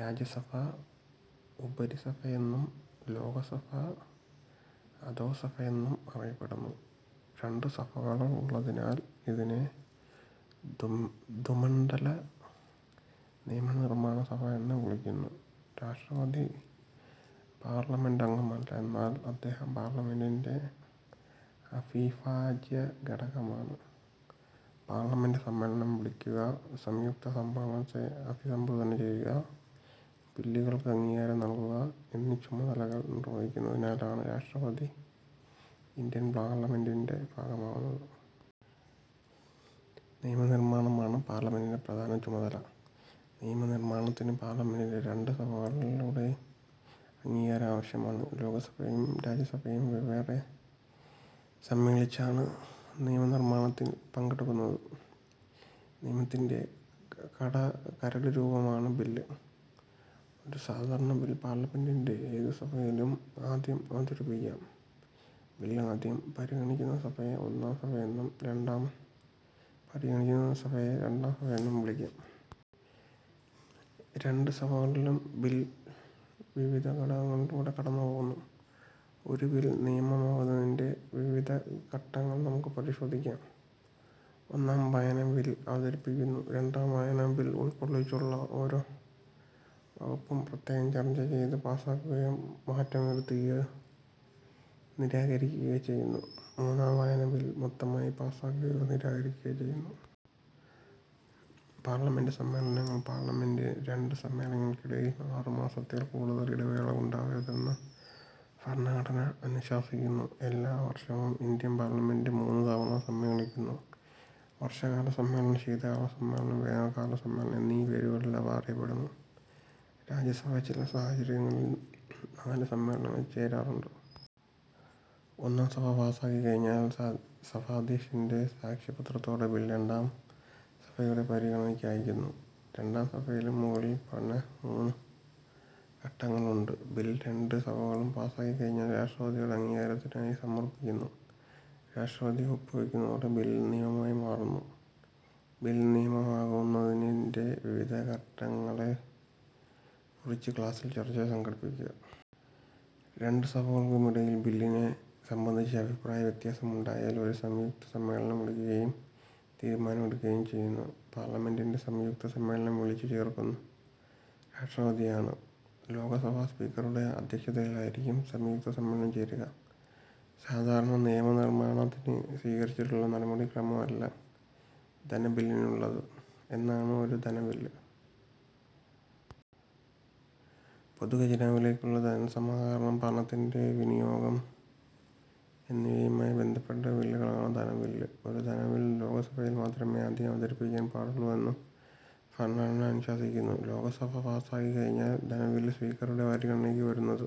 രാജ്യസഭ ഉപരിസഭയെന്നും ലോകസഭ അധോസഭയെന്നും അറിയപ്പെടുന്നു. രണ്ട് സഭകൾ ഉള്ളതിനാൽ ഇതിനെ ദ്വിമണ്ഡല നിയമനിർമാണ സഭ എന്ന് വിളിക്കുന്നു. രാഷ്ട്രപതി പാർലമെന്റംഗമല്ല. എന്നാൽ അദ്ദേഹം പാർലമെന്റിന്റെ അവിഭാജ്യ ഘടകമാണ്. പാർലമെന്റ് സമ്മേളനം വിളിക്കുക, സംയുക്ത സമ്മേളനത്തെ അഭിസംബോധന ചെയ്യുക, ബില്ലുകൾക്ക് അംഗീകാരം നൽകുക എന്നീ ചുമതലകൾ നിർവഹിക്കുന്നതിനാലാണ് രാഷ്ട്രപതി ഇന്ത്യൻ പാർലമെന്റിന്റെ ഭാഗമാകുന്നത്. നിയമനിർമാണമാണ് പാർലമെന്റിന്റെ പ്രധാന ചുമതല. നിയമ നിർമാണത്തിന് പാർലമെന്റിന്റെ രണ്ട് സഭകളുടെയും അംഗീകാരം ആവശ്യമാണ്. ലോകസഭയും രാജ്യസഭയും വെവ്വേറെ സമ്മേളിച്ചാണ് നിയമനിർമാണത്തിൽ പങ്കെടുക്കുന്നത്. നിയമത്തിന്റെ കരടുരൂപമാണ് ബിൽ. ഒരു സാധാരണബിൽ പാർലമെന്റിന്റെ ഏതു സഭയിലും ആദ്യം അവതരിപ്പിക്കാം. ബിൽ ആദ്യം പരിഗണിക്കുന്ന സഭയെ ഒന്നാം സഭയെന്നും രണ്ടാമതു പരിഗണിക്കുന്ന സഭയെ രണ്ടാം സഭയെന്നും വിളിക്കാം. രണ്ട് സഭകളിലും ബിൽ വിവിധ ഘട്ടങ്ങളിലൂടെ കടന്നുപോകുന്നു. ഒരു ബിൽ നിയമമാകുന്നതിന്റെ വിവിധ ഘട്ടങ്ങൾ നമുക്ക്പരിശോധിക്കാം. ഒന്നാം വായന-ബിൽ അവതരിപ്പിക്കുന്നു. രണ്ടാം വായന-ബില്ലിൽ ഉൾക്കൊള്ളിച്ചിട്ടുള്ള ഓരോ വകുപ്പും പ്രത്യേകം ചർച്ച ചെയ്ത് പാസ്സാക്കുകയോ മാറ്റം വരുത്തുകയോ നിരാകരിക്കുകയോ ചെയ്യുന്നു. മൂന്നാം വായന-ബിൽ മൊത്തമായി പാസ്സാക്കുകയോ നിരാകരിക്കുകയോ ചെയ്യുന്നു. പാർലമെന്റ് സമ്മേളനങ്ങൾ പാർലമെന്റിന്റെ രണ്ട് സമ്മേളനങ്ങൾക്കിടയിൽ ആറുമാസത്തിൽ കൂടുതൽ ഇടവേള ഉണ്ടാവരുതെന്ന് ഭരണഘടന അനുശാസിക്കുന്നു. എല്ലാ വർഷവും ഇന്ത്യൻ പാർലമെന്റ് മൂന്ന് തവണ സമ്മേളിക്കുന്നു. വർഷ കാല സമ്മേളനം, ശീതകാല സമ്മേളനം, വേനൽക്കാല സമ്മേളനം എന്നീ പേരുകളിൽ അവ അറിയപ്പെടുന്നു. രാജ്യസഭ ചില സാഹചര്യങ്ങളിൽ നാല് സമ്മേളനങ്ങൾ ചേരാറുണ്ട്. ഒന്നാം സഭ പാസാക്കിക്കഴിഞ്ഞാൽ സഭാദ്ധ്യക്ഷന്റെ സാക്ഷ്യപത്രത്തോടെ ബിൽ രണ്ടാം സഭയുടെ പരിഗണനയ്ക്ക് അയയ്ക്കുന്നു. രണ്ടാം സഭയിലും മുകളിൽ പറഞ്ഞ മൂന്ന് ഘട്ടങ്ങൾ ഉണ്ട്. ബിൽ രണ്ട് സഭകളും പാസാക്കിക്കഴിഞ്ഞാൽ രാഷ്ട്രപതിയുടെ അംഗീകാരത്തിനായി സമർപ്പിക്കുന്നു. രാഷ്ട്രപതി ഒപ്പുവയ്ക്കുന്നതോടെ ബിൽ നിയമമായി മാറുന്നു. ബിൽ നിയമമാകുന്നതിന്റെ വിവിധ ഘട്ടങ്ങളെക്കുറിച്ച് ക്ലാസിൽ ചർച്ച സംഘടിപ്പിക്കുക. രണ്ട് സഭകൾക്കുമിടയിൽ ബില്ലിനെ സംബന്ധിച്ച് അഭിപ്രായവ്യത്യാസം ഉണ്ടായാൽ ഒരു സംയുക്ത സമ്മേളനം വിളിക്കുകയും തീരുമാനം എടുക്കുകയും ചെയ്യുന്നു. പാർലമെന്റിന്റെ സംയുക്ത സമ്മേളനം വിളിച്ചു ചേർക്കുന്നത് രാഷ്ട്രപതിയാണ്. ലോകസഭാ സ്പീക്കറുടെ അദ്ധ്യക്ഷതയിലായിരിക്കും സംയുക്ത സമ്മേളനം ചേരുക. സാധാരണ നിയമനിർമാണത്തിന് സ്വീകരിച്ചിട്ടുള്ള നടപടിക്രമം അല്ല ധനബില്ലിനുള്ളത്. എന്താണ് ഒരു ധനബിൽ? പൊതുഖജനാവിലേക്കുള്ള ധനസമാഹരണം, പണത്തിന്റെ വിനിയോഗം എന്നിവയുമായി ബന്ധപ്പെട്ട ബില്ലുകളാണ് ധനബിൽ. ഒരു ധനബിൽ ലോകസഭയിൽ മാത്രമേ ആദ്യം അവതരിപ്പിക്കാൻ പാടുള്ളൂവെന്ന് ഭരണഘടന അനുശാസിക്കുന്നു. ലോക സഭ പാസ്സാക്കി കഴിഞ്ഞാൽ ധനബില്ലു സ്പീക്കറുടെ പരിഗണനയ്ക്ക് വരുന്നത്.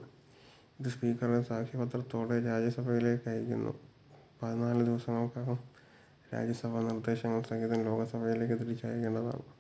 ഇത് സ്പീക്കറുടെ സാക്ഷ്യപത്രത്തോടെ രാജ്യസഭയിലേക്കയക്കുന്നു. പതിനാല് ദിവസങ്ങൾക്കകം രാജ്യസഭ നിർദേശങ്ങൾ സഹിതം ലോകസഭയിലേക്ക് തിരിച്ച് അയക്കേണ്ടതാണ്.